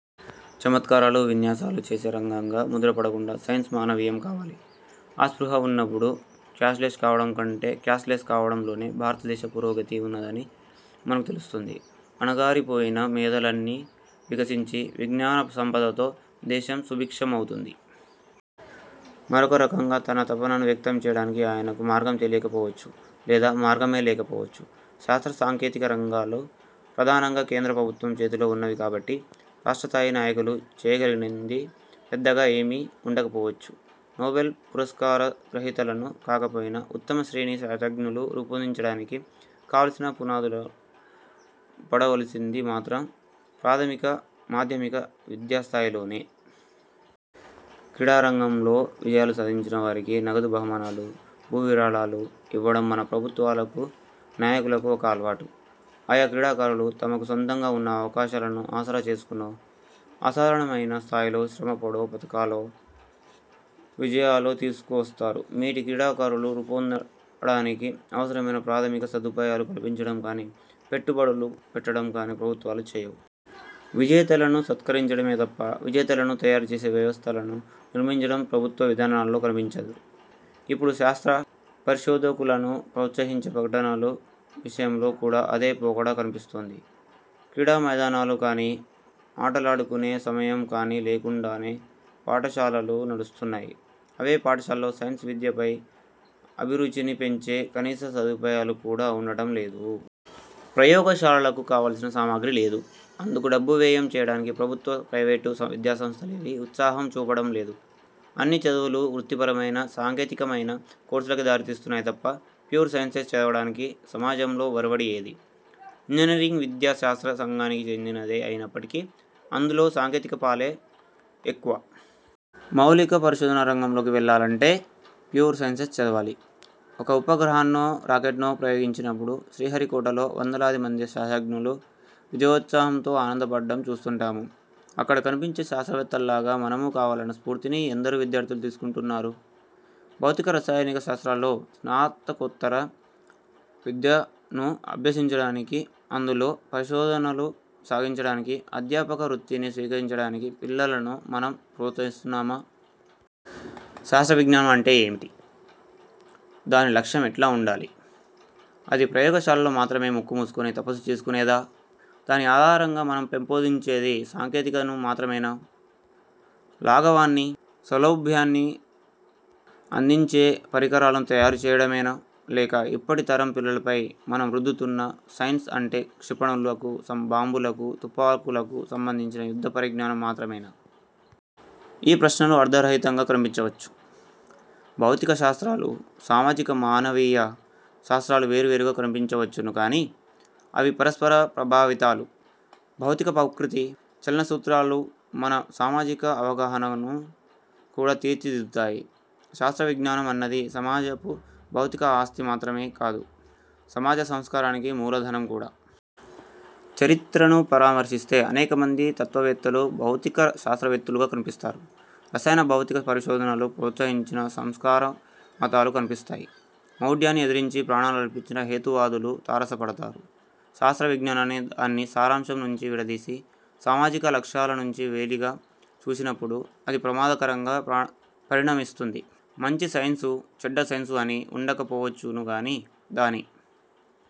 చమత్కారాలూ విన్యాసాలూ చేసే రంగంగా ముద్రపడకుండా సైన్స్ మానవీయం కావాలి. ఆ స్పృహ ఉన్నప్పుడు, క్యాష్లెస్ కావడం కంటె క్యాస్ట్ లెస్ కావడం లోనే భారత దేశ పురోగతి ఉన్నదని మనకు తెలుస్తుంది. అణగారి పోయిన మేధలన్నీ వికసించి, విజ్ఞాన సంపదతో దేశం సుభిక్ష మవుతుంది. మరొక రకంగా తన తపనను వ్యక్తం చేయడానికి ఆయనకు మార్గం తెలియక పోవచ్చు. లేదా మార్గమే లేకపోవచ్చు. శాస్త్ర, సాంకేతిక రంగాలు ప్రధానంగా కేంద్ర ప్రభుత్వం చేతిలో ఉన్నవి కాబట్టి, రాష్ట్ర స్థాయి నాయకులు చేయగలిగింది పెద్దగా ఏమీ ఉండక పోవచ్చు. నోబెల్ పురస్కార గ్రహీతలను కాకపోయినా, ఉత్తమ శ్రేణి శాస్త్రజ్ఞులను రూపొందించడానికి కావలసిన పునాదులు పడవలసింది మాత్రం ప్రాథమిక, మాధ్యమిక విద్యాస్థాయిలలోనే. క్రీడా రంగంలో విజయాలు సాధించిన వారికి నగదు బహుమానాలు, భూ విరాళాలు ఇవ్వడం మన ప్రభుత్వాలకు, నాయకులకు ఒక అలవాటు. ఆయా క్రీడాకారులు తమకు సొంతంగా ఉన్న అవకాశాలను ఆసరా చేసుకునో, అసాధారణమైన స్థాయిలో శ్రమపడో పతకాలో, విజయాలో తీసుకు వస్తారు. మేటి క్రీడాకారులు రూపొందడానికి అవసరమైన ప్రాథమిక సదుపాయాలు కల్పించడం కానీ, పెట్టు బడులు పెట్టడం కానీ ప్రభుత్వాలు చేయవు. విజేతలను సత్కరించడమే తప్ప, విజేతలను తయారు చేసే వ్యవస్థలను నిర్మించడం ప్రభుత్వ విధానాలలో కనిపించదు. ఇప్పుడు శాస్త్ర పరిశోధకులను ప్రోత్సహించే ప్రకటనల విషయంలో కూడా అదే పోకడ కనిపిస్తోంది. క్రీడామైదానాలు కానీ, ఆటలాడుకునే సమయం కానీ లేకుండానే పాఠశాలలు నడుస్తున్నాయి. అవే పాఠశాలల్లో సైన్స్ విద్యపై అభిరుచిని పెంచే కనీస సదుపాయాలు కూడా ఉండడం లేదు. ప్రయోగశాలలకు కావలసిన సామగ్రి లేదు, అందుకు డబ్బు వ్యయం చేయడానికి ప్రభుత్వ, ప్రైవేటు విద్యాసంస్థలేవీ ఉత్సాహం చూపడం లేదు. అన్ని చదువులూ వృత్తి పరమైన, సాంకేతిక మైన కోర్సులకే దారి తీస్తున్నాయి తప్ప, ప్యూర్ సైన్సెస్ చదవడానికి సమాజంలో ఒరవడి ఏదీ? ఇంజనీరింగ్ విద్య శాస్త్ర సంఘానికి చెందినదే అయినప్పటికీ, అందులో సాంకేతికత పాలే ఎక్కువ. మౌలిక పరిశోధన రంగంలోకి వెళ్లాలంటే, ప్యూర్ సైన్సెస్ చదవాలి. ఒక ఉపగ్రహాన్నో, రాకెట్నో ప్రయోగించినప్పుడు శ్రీహరి కోటలో వందలాది మంది శాస్త్రజ్ఞులు విజయోత్సాహంతో ఆనందపడడం చూస్తుంటాము. అక్కడ కనిపించే శాస్త్రవేత్తల్లాగా మనమూ కావాలన్న స్ఫూర్తిని ఎందరు విద్యార్థులు తీసుకుంటున్నారు? భౌతిక రసాయనిక శాస్త్రాల్లో స్నాతకోత్తర విద్యను అభ్యసించడానికి, అందులో పరిశోధనలు సాగించడానికి, అధ్యాపక వృత్తిని స్వీకరించడానికి పిల్లలను మనం ప్రోత్సహిస్తున్నామా? శాస్త్రవిజ్ఞానం అంటే ఏమిటి? దాని లక్ష్యం ఎట్లా ఉండాలి? అది ప్రయోగశాలల్లో మాత్రమే ముక్కు మూసుకుని తపస్సు చేసుకునేదా? దాని ఆధారంగా మనం పెంపొందించేది సాంకేతికతను మాత్రమేనా? లాఘవాన్ని, సౌలభ్యాన్ని అందించే పరికరాలను తయారు చేయడమేనా? లేక, ఇప్పటి తరం పిల్లలపై మనం రుద్దుతున్నట్టు, సైన్స్ అంటే క్షిపణులకు, బాంబులకు, తుపాకులకు సంబంధించిన యుద్ధ పరిజ్ఞానం మాత్రమేనా? ఈ ప్రశ్నలు అర్థరహితంగా కనిపించవచ్చు. భౌతిక శాస్త్రాలు, సామాజిక మానవీయ శాస్త్రాలూ వేరువేరుగా కనిపించవచ్చును కానీ, అవి పరస్పర ప్రభావితాలు. భౌతిక ప్రకృతి, చలన సూత్రాలు మన సామాజిక అవగాహనను కూడా తీర్చి దిద్దుతాయి. శాస్త్రవిజ్ఞానం అన్నది సమాజపు భౌతిక ఆస్తి మాత్రమే కాదు, సమాజ సంస్కారానికి మూలధనం కూడా. చరిత్రను పరామర్శిస్తే, అనేక మంది తత్వవేత్తలు భౌతిక శాస్త్రవేత్తలుగా కనిపిస్తారు, రసాయన, భౌతిక పరిశోధనలను ప్రోత్సహించిన సంస్కార మతాలు కనిపిస్తాయి. మౌఢ్యాన్ని ఎదిరించి ప్రాణాలర్పించిన హేతువాదులూ తారస పడతారు. శాస్త్ర విజ్ఞానాన్ని దాని సారాంశం నుంచి విడదీసి, సామాజిక లక్ష్యాల నుంచి వెలిగా చూసినప్పుడు, అది ప్రమాదకరంగా పరిణమిస్తుంది. మంచి సైన్సు, చెడ్డ సైన్సు అని ఉండక పోవచ్చును కానీ, దాని